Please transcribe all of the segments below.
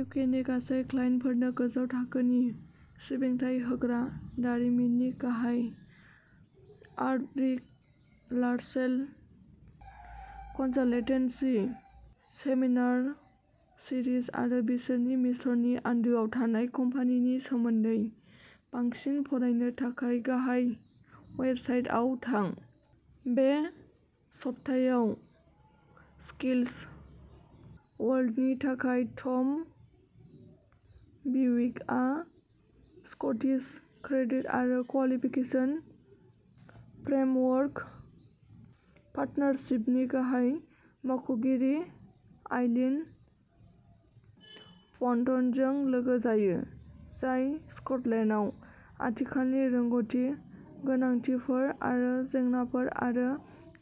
इउकेनि गासै क्लाइन्टफोरनो गोजौ थाखोनि सिबिथाइ होग्रा दारिमिननि गाहाय आर्ब'रिक'लार्चेल कनसाल्टेन्सि। सेमिनार सिरिज आरो बिसोरनि मिशननि आन्दोआव थानाय कम्पानिनि सोमोन्दै बांसिन फरायनो थाखाय गाहाय वेबसाइटाव थां। बे सप्तायाव स्किल्स वर्ल्डनि थाखाय, टम बिविकआ स्कटिस क्रेडिट आरो क्वालिफिकेशन फ्रेमवर्क पार्टनारशिप नि गाहाय मावख'गिरि आइलीन पन्टनजों लोगो जायो, जाय स्कटलेन्डआव आथिखालनि रोंग'थि गोनांथिफोर आरो जेंनाफोर आरो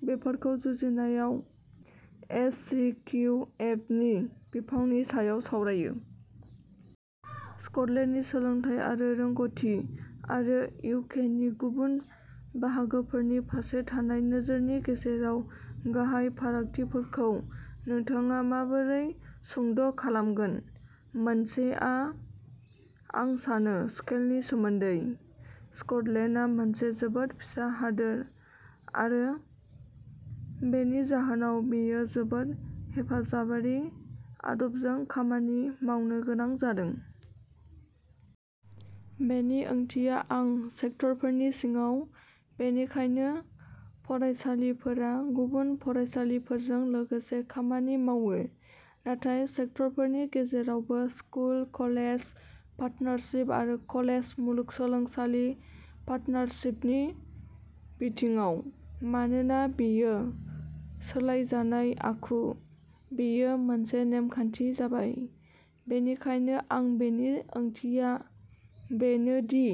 बेफोरखौ जुजिनायाव एस सि किउ एफ नि बिफावनि सायाव सावरायगोन। स्क'टलेन्डनि सोलोंथाय आरो रोंग'थि आरो इउ के नि गुबुन बाहागोफोरनि फारसे थानाय नोजोरनि गेजेराव गाहाय फारागथिफोरखौ नोंथाङा माबोरै सुंद' खालामगोन? मोनसेआ आं सानो स्केलनि सोमोन्दै? स्कटलेन्डआ मोनसे जोबोद फिसा हादोर, आरो बेनि जाहोनाव बेयो जोबोद हेफाजाबारि आदबजों खामानि मावनो गोनां जादों। बेनि ओंथिया आं सेक्टरफोरनि सिङाव, बेनिखायनो फरायसालिफोरा गुबुन फरायसालिफोरजों लोगोसे खामानि मावो नाथाय सेक्टरफोरनि गेजेरावबो, स्कुल-कलेज पार्टनारशिप आरो कलेज-मुलुगसोलोंसालि पार्टनारशिपनि बिथिङाव। मानोना बेयो सालायजानाय आखु, बेयो मोनसे नेमखान्थि जाबाय, बेनिखायनो आं बेनि ओंथिया बेनो दि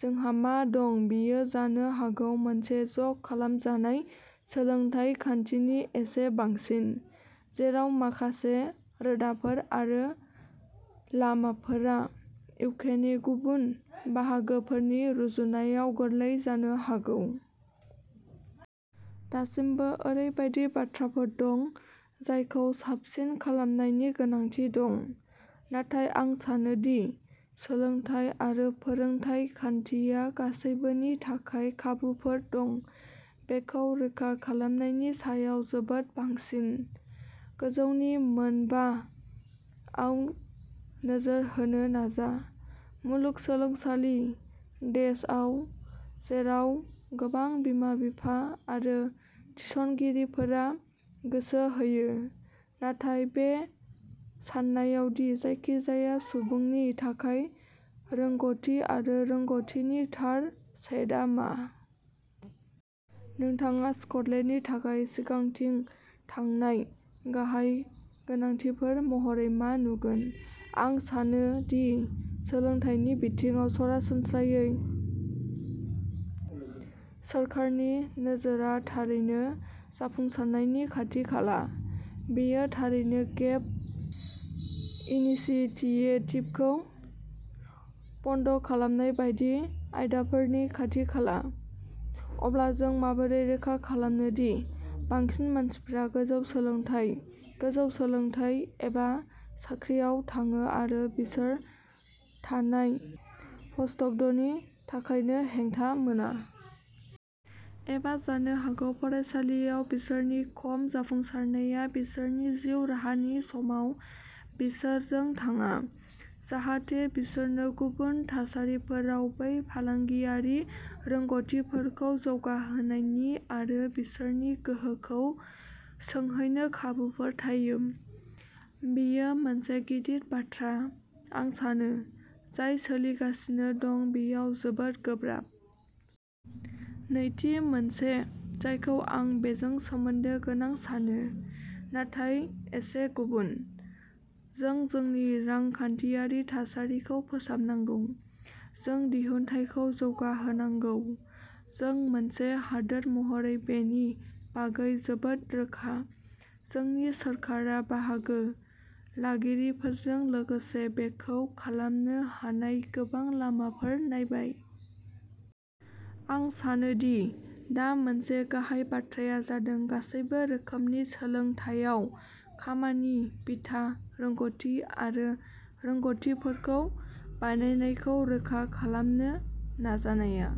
जोंहा मा दं बेयो जानो हागौ मोनसे ज'खालामजानाय सोलोंथाय खान्थिनि एसे बांसिन, जेराव माखासे रोदाफोर आरो लामाफोरा इउकेनि गुबुन बाहागोफोरनि रुजुनायाव गोरलै जानो हागौ। दासिमबो ओरैबायदि बाथ्राफोर दं जायखौ साबसिन खालामनायनि गोनांथि दं, नाथाय आं सानो दि सोलोंथाय आरो फोरोंथाय खान्थिया गासैबोनि थाखाय खाबुफोर दं बेखौ रोखा खालामनायनि सायाव जोबोद बांसिन। गोजौनि मोन बा आव नोजोर होनो नाजा, मुलुगसोलोंसालि डेशआव, जेराव गोबां बिमा-बिफा आरो थिसनगिरिफोरा गोसो होयो, नाथाय बे साननायाव दि जायखिजाया सुबुंनि थाखाय रोंग'थि आरो रोंग'थिनि थार सेटआ मा। नोंथाङा स्कटलेन्डनि थाखाय सिगांथिं थांनाय गाहाय गोनांथिफोर महरै मा नुगोन? आं सानोदि सोलोंथाइनि बिथिङाव सरासनस्रायै सोरखारनि नोजोरआ थारैनो जाफुंसारनायनि खाथि-खाला। बेयो थारैनो गेप इनिसिएटिभखौ बन्द खालामनाय बायदि आयदाफोरनि खाथि-खाला। अब्ला, जों माबोरै रोखा खालामो दि बांसिन मानसिफ्रा गोजौ सोलोंथाइ, गोजौ सोलोंथाइ एबा साख्रिआव थाङो आरो बिसोर थानाय प'स्टक'डनि थाखायनो हेंथा मोना। एबा जानो हागौ फरायसालियाव बिसोरनि खम जाफुंसारनाया बिसोरनि जिउ राहानि समाव बिसोरजों थाङा, जाहाथे बिसोरनो गुबुन थासारिफोराव बै फालांगियारि रोंग'थिफोरखौ जौगाहोनायनि आरो बिसोरनि गोहोखौ सौहैनो खाबुफोर थायो। बेयो मोनसे गिदिर बाथ्रा, आं सानो, जाय सोलिगासिनो दं बेयाव जोबोद गोब्राब। नैथि मोनसे जायखौ आं बेजों सोमोन्दो गोनां सानो, नाथाय एसे गुबुन। जों जोंनि रांखान्थियारि थासारिखौ फोसाबनांगौ, जों दिहुनथाइखौ जौगाहोनांगोन, जों मोनसे हादोर महरै बेनि बागै जोबोद रोखा। जोंनि सोरखारा, बाहागो लागिरिफोरजों लोगोसे बेखौ खालामनो हानाय गोबां लामाफोरखौ नायबाय। आं सानो दि दा मोनसे गाहाय बाथ्राया जादों गासैबो रोखोमनि सोलोंथायआव खामानि बिथा रोंग'थि आरो रोंग'थिफोरखौ बानायनायखौ रोखा खालामनो नाजानाया।